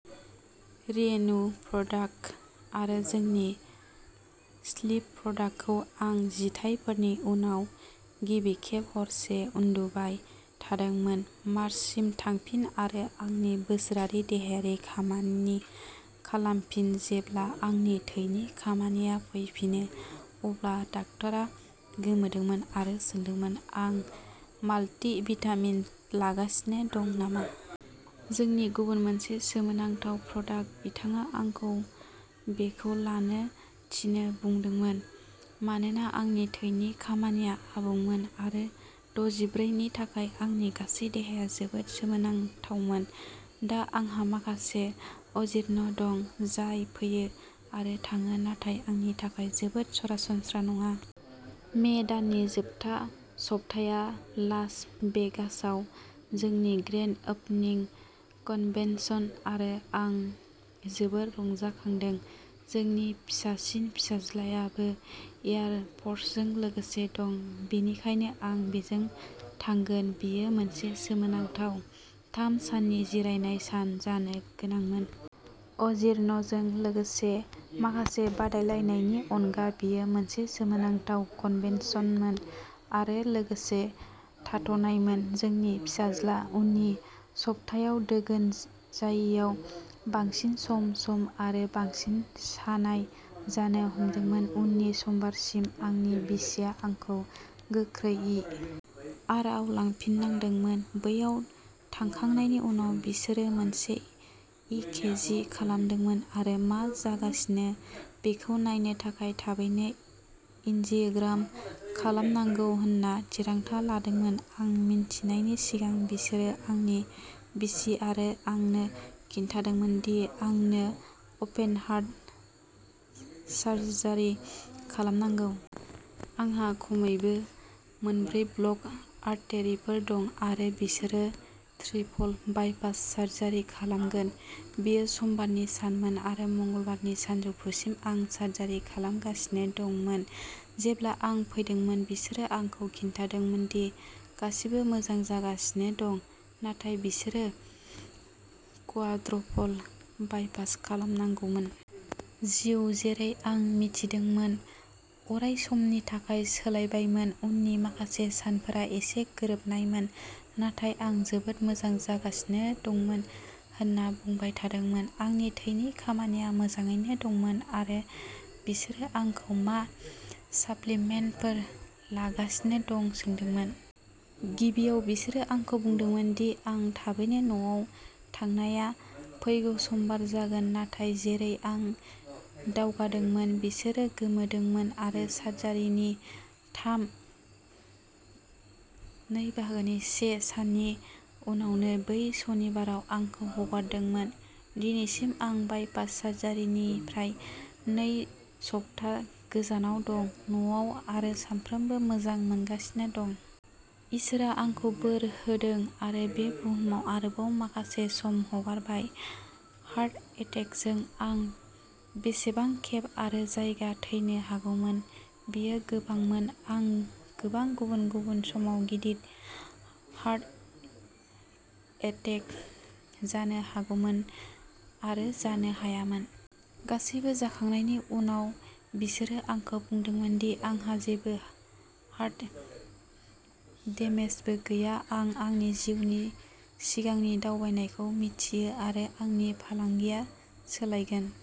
Renew product आरो जोंनि slip प्रडाक्टखौ आं जिथाइफोरनि उनाव गिबि खेब हरसे उन्दुबाय थादोंमोन। मार्चसिम थांफिन आरो आंनि बोसोरारि देहायारि खामानि खालामफिन। जेब्ला आंनि थैनि खामानिया फैफिनो, अब्ला डाक्टारा गोमोदोंमोन आरो सोंदोंमोन आं माल्टि-भिटामिन लागासिनो दं नामा। जोंनि गुबुन मोनसे सोमोनांथाव प्रडाक्ट। बिथाङा आंखौ बेखौ लानो थिनो बुंदोंमोन मानोना आंनि थैनि खामानिया आबुंमोन आरो दजिब्रै नि थाखाय आंनि गासै देहाया जोबोद सोमोनांथावमोन। दा आंहा माखासे अजीर्ण दं जाय फैयो आरो थाङो नाथाय आंनि थाखाय जोबोद सरासनस्रा नङा। मे दाननि जोबथा सप्ताया लास भेगासआव जोंनि ग्रेन्ड ओपनिं कन्भेन्सन, आरो आं जोबोद रंजाखांदों। जोंनि फिसासिन फिसाज्लायाबो एयार फर्सजों लोगोसे दं, बेनिखायनो आं बेजों थागोन। बेयो मोनसे सोमोनांथाव थाम साननि जिरायनाय सान जानो गोनांमोन। अजीर्णजों लोगोसे माखासे बादायलायनायनि अनगा बेयो मोनसे सोमोनांथाव कन्भेन्सनमोन आरो लोगोसे थाथ'नायमोन। जोंनि फिसाज्ला। उननि सप्तायाव दोगोन जायैयाव बांसिन सम सम आरो बांसिन सानाय जानो हमदोंमोन। उननि समबारसिम, आंनि बिसिया आंखौ गोख्रै इ. आर. आव लांफिननांदोंमोन। बैयाव थांखांनायनि उनाव बिसोरो मोनसे इ. के. जि. खालामदोंमोन आरो मा जागासिनो बेखौ नायनो थाखाय थाबैनो एन्जियोग्राम खालामनांगौ होनना थिरांथा लादोंमोन। आं मिन्थिनायनि सिगां, बिसोरो आंनि बिसि आरो आंनो खिन्थादोंमोन दि आंनो अपेन हार्ट सार्जारि खालामनांगौ। आंहा खमैबो मोनब्रै ब्ल'क आर्टेरिफोर दं, आरो बिसोरो ट्रिपल बाइपास सार्जारि खालामगोन। बेयो समबारनि सानमोन, आरो मंगलबारनि सानजौफुसिम आं सार्जारि खालामगासिनो दंमोन। जेब्ला आं फैदोंमोन, बिसोरो आंखौ खिन्थादोंमोन दि गासिबो मोजां जागासिनो दं, नाथाय बिसोरो क्वाड्रपल बाइपास खालामनांगौमोन। जिउ, जेरै आं मिथिदोंमोन, अरायसमनि थाखाय सोलायबायमोन। उननि माखासे सानफोरा एसे गोरोबनायमोन, नाथाय आं जोबोद मोजां जागासिनो दंमोन होनना बुंबाय थादोंमोन। आंनि थैनि खामानिया मोजाङैनो दंमोन, आरो बिसोरो आंखौ मा साप्लिमेन्टफोर लागासिनो दं सोंदोंमोन। गिबियाव, बिसोरो आंखौ बुंदोंमोन दि आं थाबैनो न'आव थांनाया फैगौ समबार जागोन। नाथाय, जेरै आं दावगादोंमोन, बिसोरो गोमोदोंमोन आरो सार्जारिनि थामजिसे/नै साननि उनावनो बै सनिबाराव आंखौ हगारदोंमोन। दिनैसिम आं बाइपास सार्जारिनिफ्राय नै सप्ता गोजानाव दं, न'आव आरो सानफ्रोमबो मोजां मोनगासिनो दं। इसोरआ आंखौ बोर होदों आरो बे बुहुमाव आरोबाव माखासे सम हगारबाय। हार्ट एटेकजों आं बेसेबां खेब आरो जायगा थैनो हागौमोन बेयो गोबांमोन। आं गोबां गुबुन-गुबुन समाव गिदिर हार्ट एटेक जानो हागौमोन आरो जानो हायामोन। गासैबो जाखांनायनि उनाव, बिसोरो आंखौ बुंदोंमोन दि आंहा जेबो हार्ट डेमेजबो गैया। आं आंनि जिउनि सिगांनि दावबायनायखौ मिथियो, आरो आंनि फालांगिया सोलायगोन।